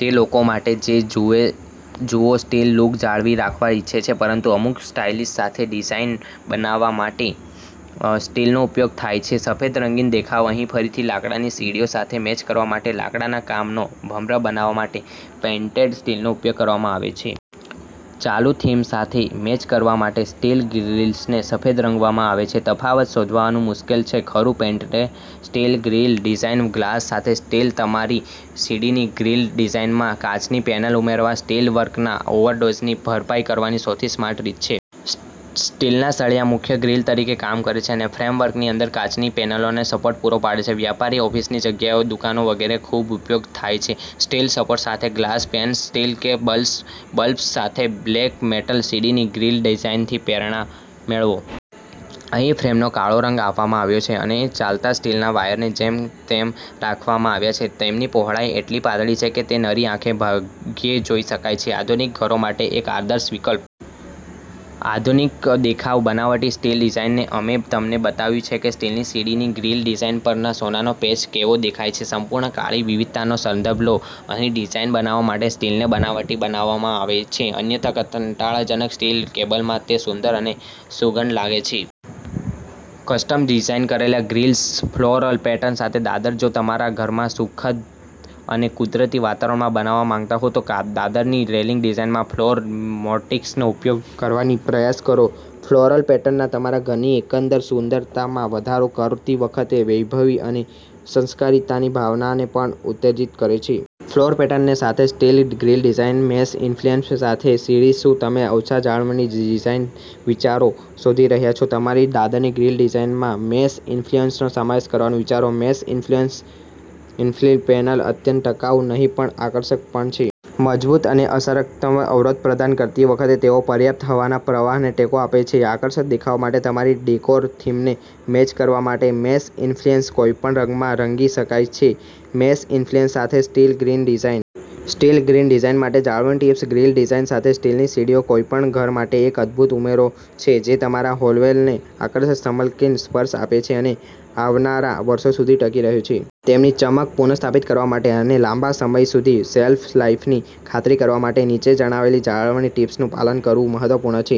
તે લોકો માટે છે જેઓ સ્ટીલ લુક જાળવી રાખવા ઈચ્છે છે પરંતુ અમુક સ્ટાઈલ સાથે. ડિઝાઇન બનાવવા માટે સ્ટીલનો ઉપયોગ થાય છે. સફેદ રંગીન દેખાવ અહીં ફરીથી લાકડાની સીડીઓ સાથે મેચ કરવા માટે લાકડાના કામનો ભ્રમ બનાવવા માટે પેઇન્ટેડ સ્ટીલનો ઉપયોગ કરવામાં આવે છે. ચાલુ થીમ સાથે મેચ કરવા માટે સ્ટીલ ગ્રિલ્સને સફેદ રંગવામાં આવે છે. તફાવત શોધવાનું મુશ્કેલ છે ખરું? Painted steel grill design glass સાથે સ્ટીલ તમારી સીડીની ગ્રીલ ડિઝાઇનમાં કાચની પેનલ ઉમેરવી સ્ટીલવર્કના ઓવરડોઝની ભરપાઈ કરવાની સૌથી સ્માર્ટ રીત છે. સ્ટીલના સળિયા મુખ્ય ગ્રીલ તરીકે કામ કરે છે અને ફ્રેમવર્કની અંદર કાચની પેનલોને સપોર્ટ પૂરો પાડે છે. વ્યાપારી, ઓફિસની જગ્યાઓ, દુકાનો વગેરેમાં ખૂબ ઉપયોગ થાય છે. સ્ટીલ સપોર્ટ સાથે ગ્લાસ પેનલ્સ, સ્ટીલ કેબલ્સ સાથે બ્લેક મેટલ સીડીની ગ્રીલ ડિઝાઇનથી પ્રેરણા મેળવો. અહીં ફ્રેમને કાળો રંગ આપવામાં આવ્યો છે અને ચાલતા સ્ટીલના વાયરને જેમ છે તેમ રાખવામાં આવ્યા છે. તેમની પહોળાઈ એટલી પાતળી છે કે તે નરી આંખે ભાગ્યે જોઈ શકાય છે. આધુનિક ઘરો માટે એક આદર્શ વિકલ્પ. આધુનિક દેખાવ બનાવટી સ્ટીલ ડિઝાઇન અમે તમને બતાવ્યું છે કે સ્ટીલની સીડીની ગ્રીલ ડિઝાઇન પર સોનાનો પેચ કેવો દેખાય છે. સંપૂર્ણ કાળી વિવિધતાનો સંદર્ભ લો. અહીં ડિઝાઇન બનાવવા માટે સ્ટીલને બનાવટી બનાવવામાં આવે છે અન્યથા કંટાળાજનક સ્ટીલ કેબલમાં તે સુંદર અને સુઘડ લાગે છે. કસ્ટમ ડિઝાઇન કરેલ ગ્રિલ્સ ફ્લોરલ પેટર્ન સાથે દાદર જો તમે તમારા ઘરમાં સુખદ અને કુદરતી વાતાવરણ બનાવવા માંગતા હો, તો દાદરની રેલિંગ ડિઝાઇનમાં ફ્લોરલ મોટિફ્સનો ઉપયોગ કરવાનો પ્રયાસ કરો. ફ્લોરલ પેટર્ન તમારા ઘરની એકંદર સુંદરતામાં વધારો કરતી વખતે વૈભવી અને સંસ્કારિતાની ભાવનાને પણ ઉત્તેજિત કરે છે. ફ્લોરલ પેટર્ન સાથે steel grill design, mesh infill panels સાથે સીડી, શું તમે ઓછા-જાળવણી ડિઝાઇન વિચારો શોધી રહ્યાં છો? તમારી દાદરની ગ્રીલ ડિઝાઇનમાં મેશ ઇન્ફિલ્સનો સમાવેશ કરવાનું વિચારો. મેશ ઇન્ફિલ પેનલ અત્યંત ટકાઉ નહીં પણ આકર્ષક પણ છે. મજબૂત અને અસરકારક અવરોધ પ્રદાન કરતી વખતે તેઓ પર્યાપ્ત હવાના પ્રવાહને ટેકો આપે છે. આકર્ષક દેખાવ માટે તમારી ડેકોર થીમને મેચ કરવા માટે મેશ ઇન્ફિલ્સને કોઈપણ રંગમાં રંગી શકાય છે. મેશ ઇન્ફિલ્સ સાથે steel grill design. Steel grill design માટે જાળવણી ટિપ્સ ગ્રીલ ડિઝાઇન સાથે સ્ટીલની સીડીઓ કોઈપણ ઘર માટે એક અદભૂત ઉમેરો છે જે તમારા હોલવેને આકર્ષક, સમકાલીન સ્પર્શ આપે છે અને આવનારા વર્ષો સુધી ટકી રહે છે. તેમની ચમક પુનઃસ્થાપિત કરવા અને લાંબા સમય સુધી શેલ્ફ લાઇફની ખાતરી કરવા માટે, નીચે જણાવેલી જાળવણી ટીપ્સનું પાલન કરવું મહત્વપૂર્ણ છે.